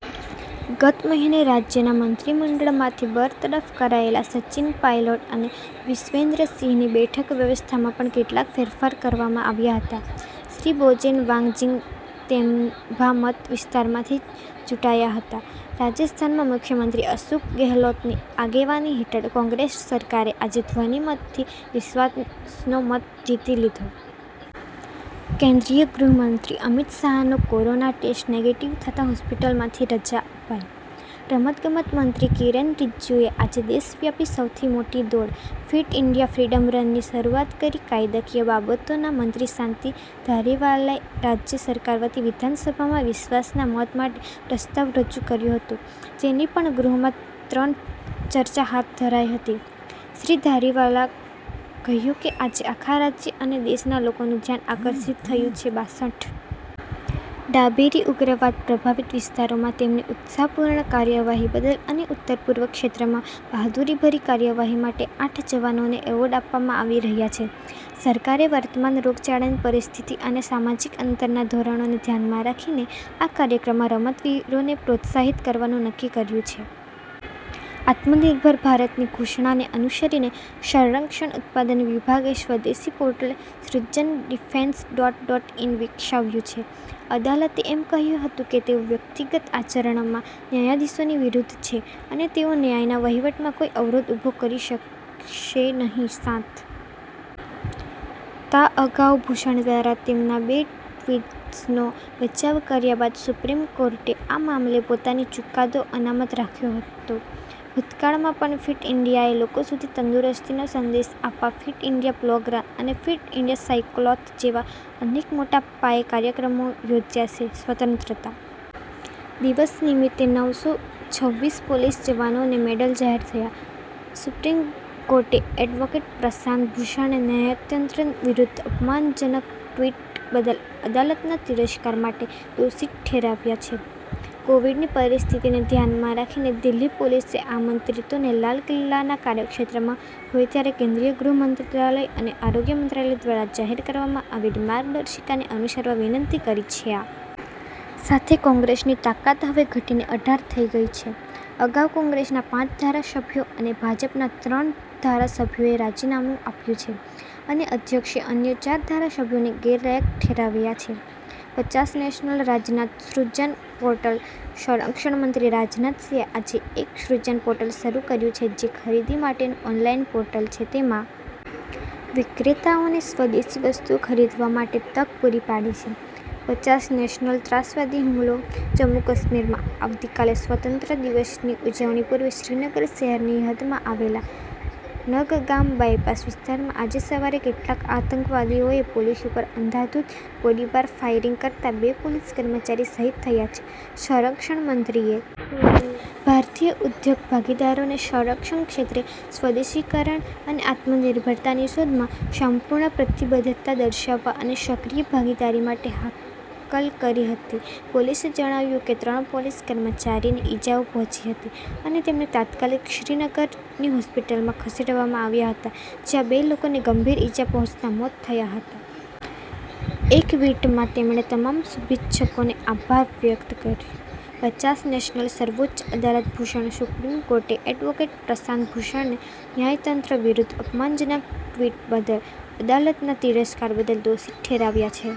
ગત મહિને રાજ્યના મંત્રીમંડળમાંથી બરતરફ કરાયેલા સચિન પાયલોટ અને વિશવેન્દ્રસિંહની બેઠક વ્યવસ્થામાં પણ કેટલાક ફેરફાર કરવામાં આવ્યા હતા શ્રી બોજેન વાંગજિંગ તેનભા મત વિસ્તારમાંથી ચૂંટાયા હતા. રાજસ્થાનમાં મુખ્યમંત્રી અશોક ગેહલોતની આગેવાની હેઠળની કોંગ્રેસ સરકારેઆજે ધ્વનિ મતથી વિશ્વાસનો મત જીતી લીધો. કેન્દ્રીય ગૃહમંત્રી અમિત શાહનો કોરોના ટેસ્ટ નેગેટિવ થતાં હોસ્પિટલમાંથી રાજા અપાઈ. રમતગમત મંત્રી કિરેન રિજિજુએ આજે દેશવ્યાપી સૌથી મોટી દોડ, ફિટ ઇન્ડિયા ફ્રીડમ રનની શરૂઆત કરી કાયદાકીય બાબતોના મંત્રી શાંતિ ધારીવાલે રાજ્ય સરકાર વતી વિધાનસભામાં વિશ્વાસના મત માટે પ્રસ્તાવ રજૂ કર્યો હતો જેની પર ગૃહમાં ત્રણ ચર્ચા હાથ ધરાઈ હતી, શ્રી ધારીવાલે કહ્યું કે આજે આખા રાજ્ય અને દેશના લોકોનું ધ્યાન આકર્ષિત થયું છે .બાસઠ ડાબેરી ઉગ્રવાદ પ્રભાવિત વિસ્તારોમાં તેમની ઉત્સાહપૂર્ણ કાર્યવાહી બદલ અને ઉત્તર પૂર્વ ક્ષેત્રમાં બહાદુરીભરી કાર્યવાહી માટે આઠ જવાનોને એવોર્ડ આપવામાં આવી રહ્યા છે .સરકારે વર્તમાન રોગચા ળાની પરિસ્થિતિ અને સામાજિક અંતરનાં ધોરણોને ધ્યાનમાં રાખીને આ કાર્યક્રમમાં રમતવીરોને પ્રોત્સાહિત કરવાનું નક્કી કર્યું છે. આત્મનિર્ભર ભારતની ઘોષણાને અનુસરીને સંરક્ષણ ઉત્પાદન વિભાગે સ્વદેશી portal Srijan defence dot dot in વિકસાવ્યું છે .અદાલતે એમ કહ્યું હતું કે તેઓ વ્યક્તિગત આચરણમાં ન્યાયાધીશોની વિરુદ્ધ છે અને તેઓ ન્યાયના વહીવટમાં કોઈ અવરોધ ઊભો કરી શકે નહીં .સાત તા અગાઉ ભૂષણ દ્વારા તેમના બે ટ્વીટ્સનો બચાવ કર્યા બાદ સુપ્રીમ કોર્ટે આ મામલે પોતાનો ચુકાદો અનામત રાખ્યો હતો ભૂતકાળમાં પણ ફીટ ઈન્ડિયાએ લોકો સુધી તંદુરસ્તીનો સંદેશ આપવા ફિટ ઇન્ડિયા પ્લોગ રન અને ફીટ ઈન્ડિયા સાયક્લોથોન જેવા અનેક મોટા પાયે કાર્યક્રમો યોજ્યા છે .સ્વતંત્રતા દિવસ નિમિત્તે નવ સો છવીસ પોલીસ જવાનોને મેડલ જાહેર થયા. સુપ્રીમ કોર્ટે એડવોકેટ પ્રશાંત ભૂષણને ન્યાયતંત્ર વિરુદ્ધ અપમાનજનકટ્વીટ બદલ અદાલતના તિરસ્કાર માટે દોષિત ઠેરવ્યા છે. કોવિડની પરિસ્થિતિને ધ્યાનમાં રાખીને દિલ્હી પોલીસે આમંત્રિતોને લાલ કિલ્લાના કાર્યક્ષેત્રમાં હોય ત્યારે કેન્દ્રીય ગૃહમંત્રાલય અને આરોગ્ય મંત્રાલય દ્વારા જાહેર કરવામાં આવેલી માર્ગદર્શિકાને અનુસરવા વિનંતી કરી છે .આ સાથે કોંગ્રેસની તાકાત હવે ઘટીને અઢાર થઈ ગઈ છે. અગાઉ કોંગ્રેસના પાંચ ધારાસભ્યો અને ભાજપના ત્રણ ધારાસભ્યોએ રાજીનામું આપ્યું છે અને અધ્યક્ષે અન્ય ચાર ધારાસભ્યોને ગેરલાયક ઠેરવ્યા છે. પચાસ નેશનલ રાજનાથ શ્રુજન પોર્ટલ ,સંરક્ષણ મંત્રી રાજનાથસિંહે આજે એક શ્રુજન પોર્ટલ શરૂ કર્યું છે જે ખરીદી માટેનું ઑનલાઇન પોર્ટલ છે .તેમાં વિક્રેતાઓને સ્વદેશી વસ્તુઓ ખરીદવા માટે તક પૂરી પાડે છે. પચાસ નેશનલ ત્રાસવાદી હુમલો, જમ્મુકાશ્મીરમાં આવતીકાલે સ્વતંત્રતા દિવસની ઉજવણી પૂર્વે શ્રીનગર શહેરની હદમાં આવેલા નગગામ બાયપાસ વિસ્તારમાં આજે સવારે કેટલાક આતંકવાદીઓએ પોલીસ ઉપર અંધાધૂંધ ગોળીબાર ફાયરિંગ કરતાં બે પોલીસ કર્મચારી શહીદ થયા છે .સંરક્ષણમંત્રીએ ભારતીય ઉદ્યોગ ભાગીદારોને સંરક્ષણ ક્ષેત્રે સ્વદેશીકરણ અને આત્મનિર્ભરતાની શોધમાં સંપૂર્ણ પ્રતિબદ્ધતા દર્શાવવા અને સક્રિય ભાગીદારી માટે હાકલ કરી હતી પોલીસે જણાવ્યું કે ત્રણ પોલીસ કર્મચારીને ઈજાઓ પહોંચી હતી અને તેમને તાત્કાલિક શ્રીનગરની હોસ્પિટલમાં ખસેડવામાં આવ્યા હતા જ્યાં બે લોકોને ગંભીર ઈજા પહોંચતા મોત થયાં હતાં. એક વિટમાં તેમણે તમામ શુભેચ્છકોનો આભાર વ્યક્ત કર્યો .પચાસ નેશનલ સર્વોચ્ચ અદાલત ભૂષણ સુપ્રીમ કોર્ટે એડવોકેટ પ્રશાંત ભૂષણને ન્યાયતંત્ર વિરુદ્ધ અપમાનજનક ટવી બદલ અદાલતના તિરસ્કાર બદલ દોષિત ઠેરવ્યા છે.